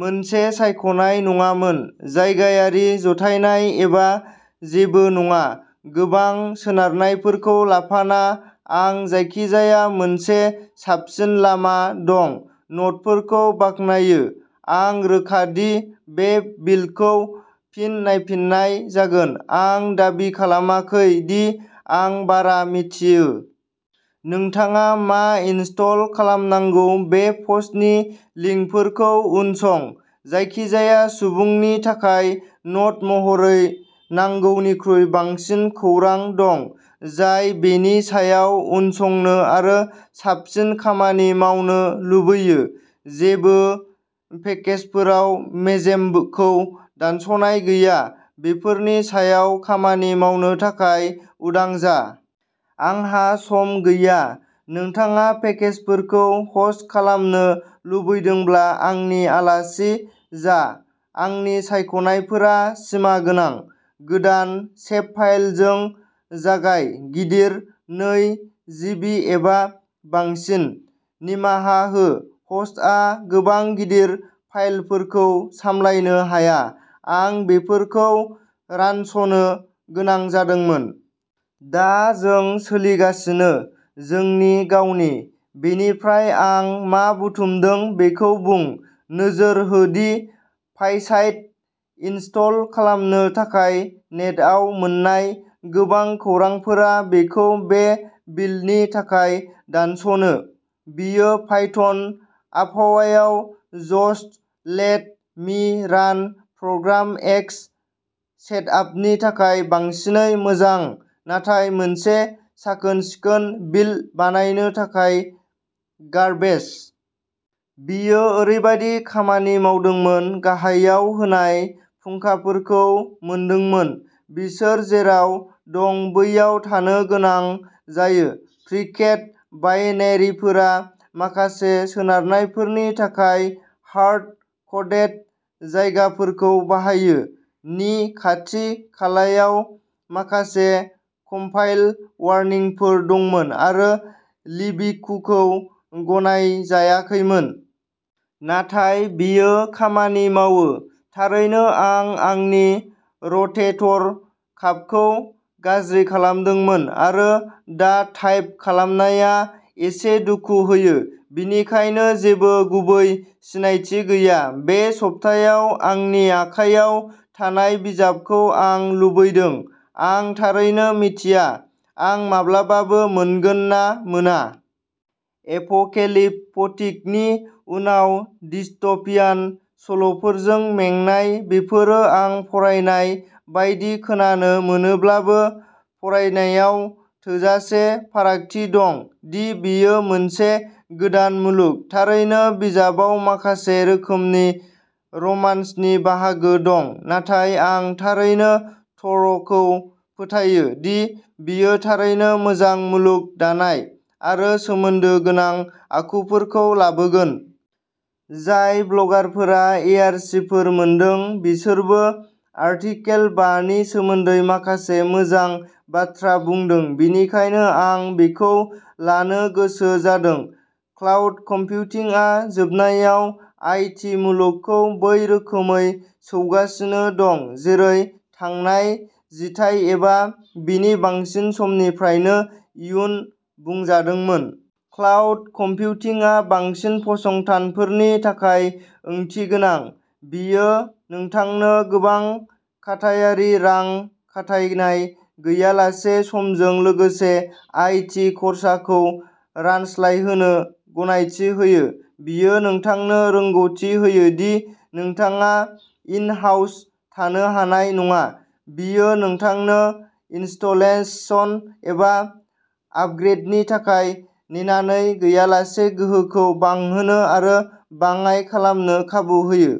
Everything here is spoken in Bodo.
मोनसे सायख'नाय नङामोन। जायगायारि जथायनाय एबा जेबो नङा। गोबां सोनारनायफोरखौ लाफाना। आं जायखिजाया मोनसे साबसिन लामा दं न'टफोरखौ बाख्नायो। आं रोखा दि बे बिल्डखौ फिन नायफिननाय जागोन। आं दाबि खालामाखै दि आं बारा मिथियो। नोंथाङा मा इनस्टल खालामनांगौ बे पस्टनि लिंकफोरखौ उनसं। जायखिजाया सुबुंनि थाखाय न'ट महरै नांगौनिख्रुइ बांसिन खौरां दं, जाय बेनि सायाव उनसंनो आरो साबसिन खामानि मावनो लुबैयो। जेबो पेकेजफोराव मेजेमखौ दानस'नाय गैया। बेफोरनि सायाव खामानि मावनो थाखाय उदां जा। आंहा सम गैया। नोंथाङा पेकेजफोरखौ ह'स्ट खालामनो लुबैदोंब्ला आंनि आलासि जा आंनि सायख'नायफोरा सिमागोनां। गोदान सेभफाइलजों जागाय गिदिर नै जिबि एबा बांसिन। निमाहा हो ह'स्टआ गोबां गिदिर फाइलफोरखौ सामलायनो हाया। आं बेफोरखौ रानस'नो गोनां जादोंमोन। दा जों सोलिगासिनो। जोंनि गावनि। बेनिफ्राय आं मा बुथुमदों बेखौ बुं। नोजोर हो दि पाइसाइड इनस्टल खालामनो थाखाय नेटआव मोन्नाय गोबां खौरांफोरा बेखौ बे बिल्डनि थाखाय दानस'नो। बेयो पाइथन आबहावायाव जस्ट लेट मि रान प्रग्राम एक्स सेटआपनि थाखाय बांसिनै मोजां, नाथाय मोनसे साखोन-सिखोन बिल्ड बानायनो थाखाय गार्बेज। बेयो ओरैबायदि खामानि मावदोंमोन गाहायाव होनाय फुंखाफोरखौ मोनदोंमोन बिसोर जेराव दं बैयाव थानो गोनां जायो। फ्रिकेड बाइनेरिफोरा माखासे सोनारनायफोरनि थाखाय हार्ड क'डेड जायगाफोरखौ बाहायो। नि खाथि-खालायाव माखासे कम्पाइल वार्निंफोर दंमोन आरो लिबिकुखौ गनायजायाखैमोन। नाथाय बेयो खामानि मावो। थारैनो आं आंनि र'टेटर काफखौ गाज्रि खालामदोंमोन आरो दा टाइप खालामनाया एसे दुखु होयो, बेनिखायनो जेबो गुबै सिनायथि गैया। बे सप्तायाव आंनि आखायाव थानाय बिजाबखौ आं लुबैदों। आं थारैनो मिथिया आं माब्लाबाबो मोनगोन ना मोना। एपोकेलिप्टिकनि उनाव डिस्ट'पियान सल'फोरजों मेंनाय। बेफोरो आं फरायनाय बायदि खोनानो मोनोब्लाबो, फरायनायाव थोजासे फारागथि दं दि बेयो मोनसे गोदान मुलुग। थारैनो बिजाबाव माखासे रोखोमनि रमान्सनि बाहागो दं, नाथाय आं थारैनो टरखौ फोथायो दि बियो थारैनो मोजां मुलुग दानाय आरो सोमोन्दो गोनां आखुफोरखौ लाबोगोन। जाय ब्लगारफोरा एआरसीफोर मोनदों, बिसोरबो आर्टिकेल बा नि सोमोन्दै माखासे मोजां बाथ्रा बुंदों, बेनिखायनो आं बेखौ लानो गोसो जादों। क्लाउड कम्पिउटिंआ जोबनायाव आई टी मुलुगखौ बै रोखोमै सौगासिनो दं जेरै थांनाय जिथाइ एबा बेनि बांसिन समनिफ्रायनो इयुन बुंजादोंमोन। क्लाउड कम्पिउटिंआ बांसिन फसंथानफोरनि थाखाय ओंथिगोनां। बेयो नोंथांनो गोबां खाथायारि रां खाथायनाय गैयालासे समजों लोगोसे आई टी खरसाखौ रानस्लायहोनो गनायथि होयो। बेयो नोंथांनो रोंग'थि होयो दि नोंथाङा इन-हाउस थानो हानाय नङा। बेयो नोंथांनो इनस्टलेशन एबा आपग्रेडनि थाखाय नेनानै गैयालासे गोहोखौ बांहोनो आरो बाङाय खालामनो खाबु होयो।